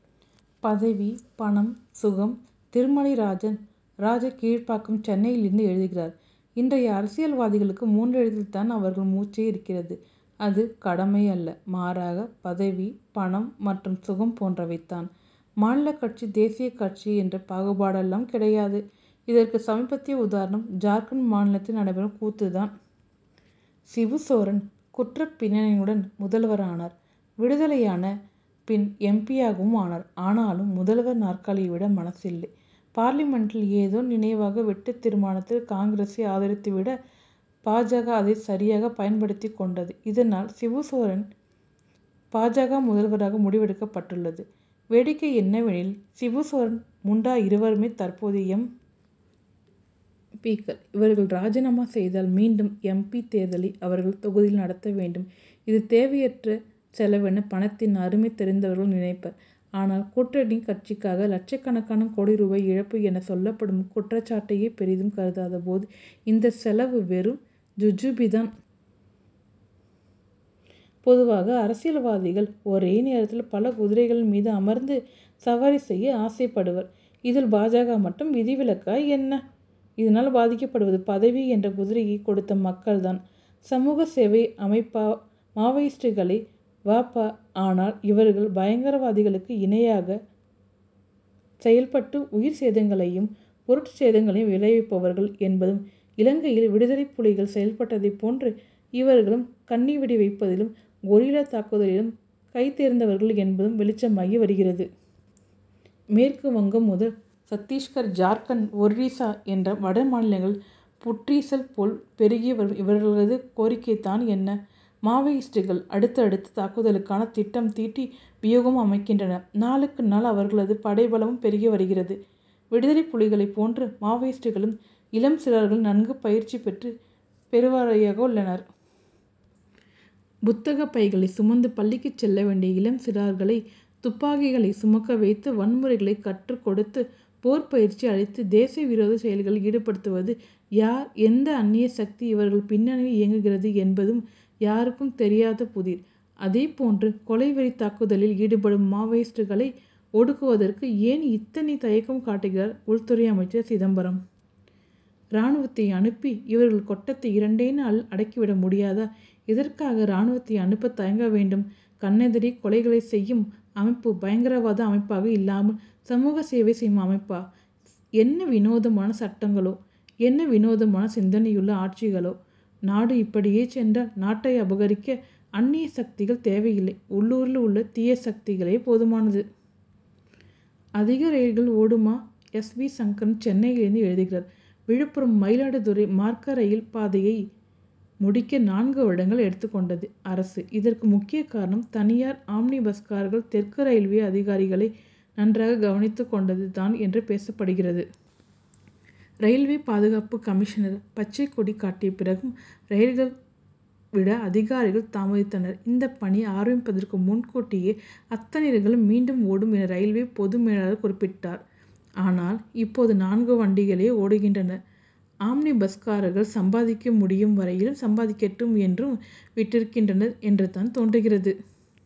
பதவி பணம் சுகம்! திருமலை ராஜன் ராஜகீழ்ப்பாக்கம் சென்னையிலிருந்து எழுதுகிறார் இன்றைய அரசியல்வாதிகளுக்கு மூன்றெழுத்தில் தான் அவர்கள் மூச்சே இருக்கிறது. அது கடமை அல்ல மாறாக பதவி பணம் மற்றும் சுகம் போன்றவை தான். மாநிலக் கட்சி தேசியக் கட்சி என்ற பாகுபாடெல்லாம் கிடையாது. இதற்கு சமீபத்திய உதாரணம் ஜார்க்கண்ட் மாநிலத்தில் நடைபெறும் கூத்து தான். சிபுசோரன் குற்றப்பின்னணியுடன் முதல்வரானார். விடுதலையான பின் எம். பி.யாகவும் ஆனார். ஆனாலும் முதல்வர் நாற்காலியை விட மனசில்லை. பார்லிமென்டில் ஏதோ நினைவாக வெட்டுத்தீர்மானத்திற்கு காங்கிரசை ஆதரித்து விட பா. ஜ. அதைச் சரியாகப் பயன்படுத்திக் கொண்டது. இதனால் சிபுசோரன் பா. ஜ. முதல்வராக முடிவெடுக்கப்பட்டுள்ளது. வேடிக்கை என்னவெனில் சிபுசோரன் முண்டா இருவருமே தற்போதைய எம். பி.க்கள். இவர்கள் ராஜினாமா செய்தால் மீண்டும் எம். பி. தேர்தலை அவர்கள் தொகுதியில் நடத்த வேண்டும். இது தேவையற்ற செலவென பணத்தின் அருமை தெரிந்தவர்கள் நினைப்பர். ஆனால் கூட்டணி ஆட்சிக்காக லட்சக்கணக்கான கோடி ரூபாய் இழப்பு என சொல்லப்படும் குற்றச்சாட்டையே பெரிதும் கருதாத போது இந்தச் செலவு வெறும் ஜுஜுபி தான். பொதுவாக அரசியல்வாதிகள் ஒரே நேரத்தில் பல குதிரைகளின் மீது அமர்ந்து சவாரி செய்ய ஆசைப்படுவர். இதில் பா. ஜ. மட்டும் விதிவிலக்கா என்ன? இதனால் பாதிக்கப்படுவது பதவி என்ற குதிரையைக் கொடுத்த மக்கள் தான்! சமூக சேவை அமைப்பா மாவோயிஸ்டுகள்? வ. ப. ஆனால் இவர்கள் பயங்கரவாதிகளுக்கு இணையாக செயல்பட்டு உயிர் சேதங்களையும் பொருட்சேதங்களையும் விளைவிப்பவர்கள் என்பதும் இலங்கையில் விடுதலைப்புலிகள் செயல்பட்டதைப் போன்று இவர்களும் கண்ணிவெடி வைப்பதிலும் கொரில்லா தாக்குதலிலும் கைதேர்ந்தவர்கள் என்பதும் வெளிச்சமாகி வருகிறது. மேற்கு வங்கம் முதல் சத்திஸ்கர் ஜார்க்கண்ட் ஒரிசா என்று வடமாநிலங்களில் புற்றீசல் போல் பெருகி வரும் இவர்களது கோரிக்கை தான் என்ன? மாவோயிஸ்டுகள் அடுத் தடுத்த தாக்குதலுக்கான திட்டம் தீட்டி வியூகம் அமைக்கின்றனர். நாளுக்கு நாள் அவர்களது படைபலமும் பெருகி வருகிறது. விடுதலைப் புலிகளைப் போன்று மாவோயிஸ்டுகளிலும் இளம் சிறார்களே நன்கு பயிற்சி பெற்று பெருவாரியாக உள்ளனர். புத்தகப் பைகளை சுமந்து பள்ளிக்குச் செல்ல வேண்டிய இளம் சிறார்களை துப்பாக்கிகளை சுமக்க வைத்து வன்முறைகளை கற்றுக் கொடுத்து போர் பயிற்சி அளித்து தேச விரோதச் செயல்களில் ஈடுபடுத்துவது யார் எந்த அன்னிய சக்தி இவர்கள் பின்னியில் இயங்குகிறது என்பதும் யாருக்கும் தெரியாத புதிர். அதேபோன்று கொலை வெறித் தாக்குதலில் ஈடுபடும் மாவோயிஸ்டுகளை ஒடுக்குவதற்கு ஏன் இத்தனை தயக்கம் காட்டுகிறார் உள்துறை அமைச்சர் சிதம்பரம். ராணுவத்தை அனுப்பி இவர்கள் கொட்டத்தை இரண்டே நாளில் அடக்கி விட முடியாதா? எதற்காக ராணுவத்தை அனுப்ப தயங்க வேண்டும்? கண்ணெதிரே கொலைகளைச் செய்யும் அமைப்பு பயங்கரவாத அமைப்பாக இல்லாமல் சமூக சேவை செய்யும் அமைப்பா? என்ன வினோதமான சட்டங்களோஎன்ன வினோதமான சிந்தனையுள்ள ஆட்சியாளர்களோ! நாடு இப்படியே சென்றால் நாட்டை அபகரிக்க அன்னிய சக்திகள் தேவையில்லை உள்ளூரில் உள்ள தீய சக்திகளே போதுமானது. அதிக ரயில்கள் ஓடுமா? எஸ். வி. சங்கரன் சென்னையிலிருந்து எழுதுகிறார்: விழுப்புரம் மயிலாடுதுறை மார்க்க ரயில் பாதையை முடிக்க நான்கு வருடங்கள் எடுத்துக் கொண்டது அரசு. இதற்கு முக்கிய காரணம் தனியார் ஆம்னி பஸ்காரர்கள் தெற்கு ரயில்வே அதிகாரிகளை நன்றாக கவனித்துக் கொண்டது தான் என்று பேசப்படுகிறது. ரயில்வே பாதுகாப்பு கமிஷனர் பச்சை கொடி காட்டிய பிறகும் ரயில்கள் விட அதிகாரிகள் தாமதித்தனர். இந்தப்பணி ஆரம்பிப்பதற்கு முன் ஓடிய அத்தனை ரயில்களும் மீண்டும் ஓடும் என ரயில்வே பொது மேலாளர் குறிப்பிட்டார். ஆனால் இப்போது நான்கு வண்டிகளே ஓடுகின்றன. ஆம்னி பஸ்காரர்கள் சம்பாதிக்க முடியும் வரையில் சம்பாதிக்கட்டும் என்று விட்டிருக்கின்றனர் என்று தான் தோன்றுகிறது.